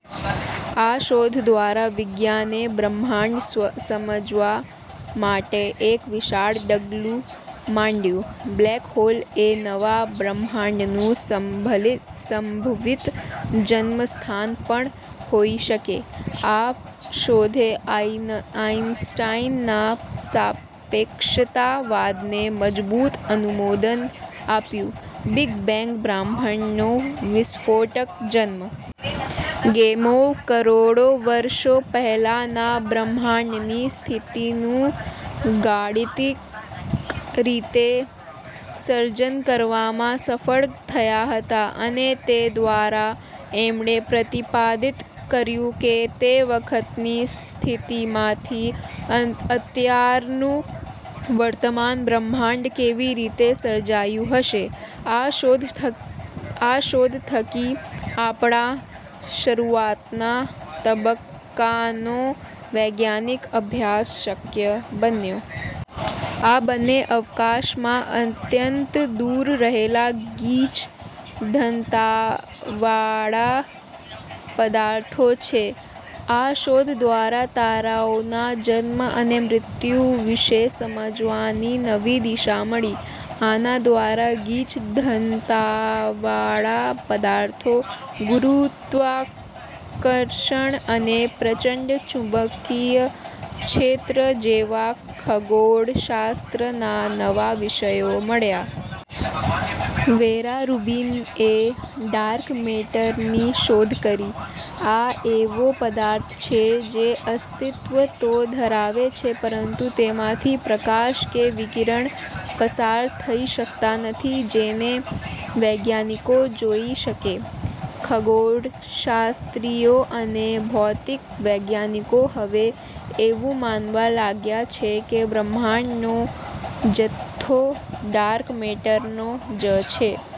આ શોધ દ્વારા વિજ્ઞાને બ્રહ્માંડ સમજવા માટે એક વિશાળ ડગલું માંડ્યું. બ્લેક હોલ એ નવા બ્રહ્માંડનું સંભવિત જન્મ સ્થાન પણ હોઈ શકે. આ શોધે આઈનસ્ટાઇનના સાપેક્ષતા વાદને મજબુત અનુમોદન આપ્યું. બીગ બેંગ બ્રહ્માંડનો વિસ્ફોટક જન્મ! ગેમોવ કરોડો વર્ષો પહેલાંના બ્રહ્માંડની સ્થિતિનું ગાણિતિક રીતે સર્જન કરવામાં સફળ થયા હતા અને તે દ્વારા એમણે પ્રતિપાદિત કર્યું કે તે વખતની સ્થિતિમાંથી અત્યારનું વર્તમાન બ્રહ્માંડ કેવી રીતે સર્જાયું હશે. આ શોધ થકી આપણા શરૂઆતના તબક્કાનો વૈજ્ઞાનિક અભ્યાસ શક્ય બન્યો. આ બંને અવકાશમાં અત્યંત દુર રહેલા ગીચ ઘનતાવાળા પદાર્થો છે. આ શોધ દ્વારા તારાઓના જન્મ અને મૃત્યુ વિષે સમજવાની નવી દિશા મળી. આના દ્વારા ગીચ ઘનતાવાળા પદાર્થો, ગુરુત્વાકર્ષણ અને પ્રચંડ ચુંબકીય ક્ષેત્ર જેવા ખગોળશાસ્ત્રના નવા વિષયો મળ્યા. વેરા રૂબીનએ ડાર્ક મેટરની શોધ કરી. આ એવો પદાર્થ છે જે અસ્તિત્વ તો ધરાવે છે પરંતુ તેમાંથી પ્રકાશ કે વિકિરણ પસાર થઇ શકતા નથી જેને વૈજ્ઞાનિકો જોઈ શકે. ખગોળશાસ્ત્રીઓ અને ભૌતિક વૈજ્ઞાનિકો હવે એવું માનવા લાગ્યા છે કે બ્રહ્માંડનો જથ્થો ડાર્ક મેટરનો જ છે.